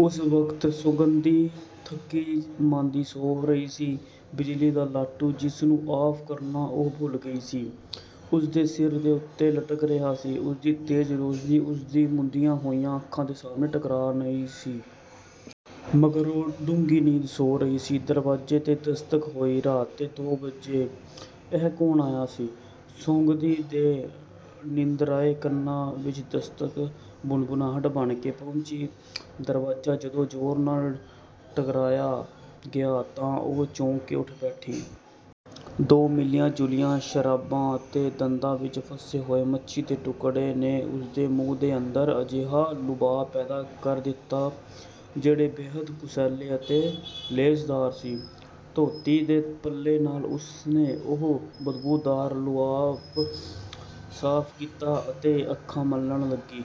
ਉਸ ਵਕਤ ਸੌਗੰਧੀ ਥੱਕੀ ਮਾਂਦੀ ਸੌਂ ਰਹੀ ਸੀ। ਬਿਜਲੀ ਦਾ ਲਾਟੂ, ਜਿਸ ਨੂੰ ਆਫ਼ ਕਰਨਾ ਉਹ ਭੁੱਲ ਗਈ ਸੀ, ਉਸਦੇ ਸਿਰ ਦੇ ਉੱਤੇ ਲਟਕ ਰਿਹਾ ਸੀ। ਉਸਦੀ ਤੇਜ਼ ਰੌਸ਼ਨੀ ਉਸਦੀਆਂ ਮੁੰਦੀਆਂ ਹੋਈਆਂ ਅੱਖਾਂ ਦੇ ਸਾਹਮਣੇ ਟਕਰਾ ਰਹੀ ਸੀ। ਮਗਰ ਉਹ ਡੂੰਘੀ ਨੀਂਦ ਸੌਂ ਰਹੀ ਸੀ। ਦਰਵਾਜ਼ੇ ਤੇ ਦਸਤਕ ਹੋਈ। ਰਾਤ ਦੇ ਦੋ ਵਜੇ ਇਹ ਕੌਣ ਆਇਆ ਸੀ? ਸੌਗੰਧੀ ਦੇ ਨਿੰਦਰਿਆਏ ਕੰਨਾਂ ਵਿੱਚ ਦਸਤਕ ਭੁਨਭੁਨਾਹਟ ਬਣ ਕੇ ਪਹੁੰਚੀ। ਦਰਵਾਜ਼ਾ ਜਦੋਂ ਜ਼ੋਰ ਨਾਲ ਠਕਠਕਾਇਆ ਗਿਆ ਤਾਂ ਚੌਂਕ ਕੇ ਉਠ ਬੈਠੀ। ਦੋ ਮਿਲੀਆਂ-ਜੁਲੀਆਂ ਸ਼ਰਾਬਾਂ ਅਤੇ ਦੰਦਾਂ ਵਿੱਚ ਫਸੇ ਹੋਏ ਮੱਛੀ ਦੇ ਟੁਕੜਿਆਂ ਨੇ ਉਸਦੇ ਮੂੰਹ ਦੇ ਅੰਦਰ ਅਜਿਹਾ ਲੁਆਬ ਪੈਦਾ ਕਰ ਦਿੱਤਾ ਜਿਹੜਾ ਬੇਹੱਦ ਕੁਸੈਲਾ ਅਤੇ ਲੇਸਦਾਰ ਸੀ। ਧੋਤੀ ਦੇ ਪੱਲੇ ਨਾਲ ਉਸਨੇ ਇਹ ਬਦਬੂਦਾਰ ਲੁਆਬ ਸਾਫ਼ ਕੀਤਾ ਅਤੇ ਅੱਖਾਂ ਮਲਣ ਲੱਗੀ।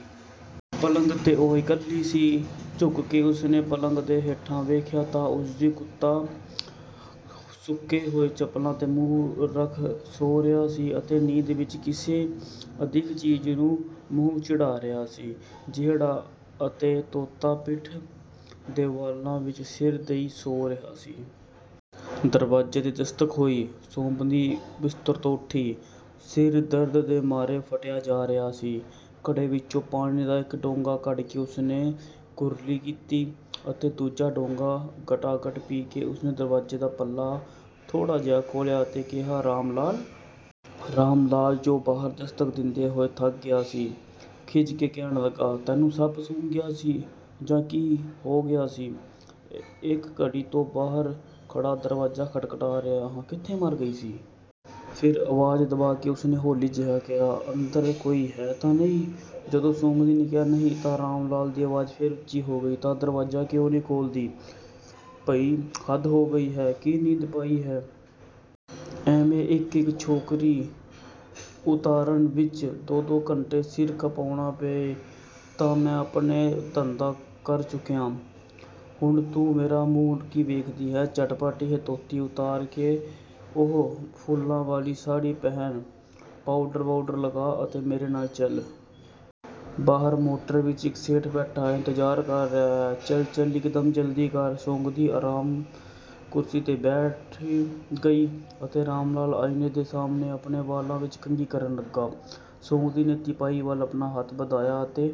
ਪਲੰਗ ਤੇ ਉਹ ਇਕੱਲੀ ਸੀ। ਝੁਕ ਕੇ ਉਸਨੇ ਪਲੰਗ ਦੇ ਹੇਠਾਂ ਵੇਖਿਆ ਤਾਂ ਉਸਦਾ ਕੁੱਤਾ ਸੁੱਕੇ ਹੋਏ ਚੱਪਲਾਂ ਤੇ ਮੂੰਹ ਰੱਖ ਸੌਂ ਰਿਹਾ ਸੀ ਅਤੇ ਨੀਂਦ ਵਿੱਚ ਕਿਸੇ ਅਦਿੱਖ ਚੀਜ਼ ਨੂੰ ਮੂੰਹ ਚਿੜਾ ਰਿਹਾ ਜਿਹੜਾ ਅਤੇ ਤੋਤਾ ਪਿੱਠ ਦੇ ਵਾਲਾਂ ਵਿੱਚ ਸਿਰ ਦਈਂ ਸੌਂ ਰਿਹਾ ਸੀ। ਦਰਵਾਜ਼ੇ ਤੇ ਦਸਤਕ ਹੋਈ। ਸੌਗੰਧੀ ਬਿਸਤਰ ਤੋਂ ਉੱਠੀ। ਸਿਰ ਦਰਦ ਦੇ ਮਾਰੇ ਫੱਟਿਆ ਜਾ ਰਿਹਾ ਸੀ। ਘੜੇ ਵਿੱਚੋਂ ਪਾਣੀ ਦਾ ਇੱਕ ਡੋਂਗਾ ਕੱਢ ਕੇ ਉਸਨੇ ਕੁਰਲੀ ਕੀਤੀ ਅਤੇ ਦੂਜਾ ਡੋਂਗਾ ਗਟਾ ਗਟ ਪੀ ਕੇ ਉਸਨੇ ਦਰਵਾਜ਼ੇ ਦਾ ਪੱਲਾ ਥੋੜ੍ਹਾ ਜਿਹਾ ਖੋਲ੍ਹਿਆ ਅਤੇ ਕਿਹਾ, "ਰਾਮਲਾਲ?" ਰਾਮ ਲਾਲ, ਜੋ ਬਾਹਰ ਦਸਤਕ ਦਿੰਦੇ ਹੋਏ ਥੱਕ ਗਿਆ ਸੀ, ਖਿਝ ਕੇ ਕਹਿਣ ਲੱਗਾ, "ਤੈਨੂੰ ਸੱਪ ਸੂੰਘ ਗਿਆ ਸੀ ਜਾਂ ਕੀ ਹੋ ਗਿਆ ਸੀ? ਇੱਕ ਘੜੀ ਤੋਂ ਬਾਹਰ ਖੜਾ ਦਰਵਾਜ਼ਾ ਖਟਖਟਾ ਰਿਹਾ ਹਾਂ, ਕਿੱਥੇ ਮਰ ਗਈ ਸੀ?" ਫਿਰ ਆਵਾਜ਼ ਦਬਾ ਕੇ ਉਸਨੇ ਹੌਲੀ ਜਿਹੇ ਕਿਹਾ, "ਅੰਦਰ ਕੋਈ ਹੈ ਤਾਂ ਨਹੀਂ?" ਜਦੋਂ ਸੌਗੰਧੀ ਨੇ ਕਿਹਾ, "ਨਹੀਂ," ਤਾਂ ਰਾਮਲਾਲ ਦੀ ਆਵਾਜ਼ ਫਿਰ ਉੱਚੀ ਹੋ ਗਈ, "ਤਾਂ ਦਰਵਾਜ਼ਾ ਕਿਉਂ ਨਹੀਂ ਖੋਲ੍ਹਦੀ? ਭਈ ਹੱਦ ਹੋ ਗਈ ਹੈ, ਕੀ ਨੀਂਦ ਪਾਈ ਹੈ। ਇਵੇਂ ਇੱਕ ਇੱਕ ਛੋਕਰੀ ਉਤਾਰਨ ਵਿੱਚ ਦੋ ਦੋ ਘੰਟੇ ਸਿਰ ਖਪਾਉਣਾ ਪਏ ਤਾਂ ਮੈਂ ਆਪਣਾ ਧੰਦਾ ਕਰ ਚੁੱਕਿਆ। ਹੁਣ ਤੂੰ ਮੇਰਾ ਮੂੰਹ ਕੀ ਵੇਖਦੀ ਹੈਂ। ਝਟਪਟ ਇਹ ਧੋਤੀ ਉਤਾਰ ਕੇ ਉਹ ਫੁੱਲਾਂ ਵਾਲੀ ਸਾੜ੍ਹੀ ਪਹਿਨ, ਪਾਉਡਰ-ਵਾਉਡਰ ਲਗਾ ਅਤੇ ਚੱਲ ਮੇਰੇ ਨਾਲ਼। ਬਾਹਰ ਮੋਟਰ ਵਿੱਚ ਇੱਕ ਸੇਠ ਬੈਠਾ ਤੇਰਾ ਇੰਤਜ਼ਾਰ ਕਰ ਰਿਹਾ ਹੈ। ਚੱਲ ਚੱਲ ਇੱਕ ਦਮ ਜਲਦੀ ਕਰ।" ਸੌਗੰਧੀ ਆਰਾਮ ਕੁਰਸੀ ਤੇ ਬੈਠ ਗਈ ਅਤੇ ਰਾਮਲਾਲ ਆਈਨੇ ਦੇ ਸਾਹਮਣੇ ਆਪਣੇ ਵਾਲਾਂ ਵਿੱਚ ਕੰਘੀ ਕਰਨ ਲੱਗਾ। ਸੌਗੰਧੀ ਨੇ ਤਿਪਾਈ ਵੱਲ ਆਪਣਾ ਹੱਥ ਵਧਾਇਆ ਅਤੇ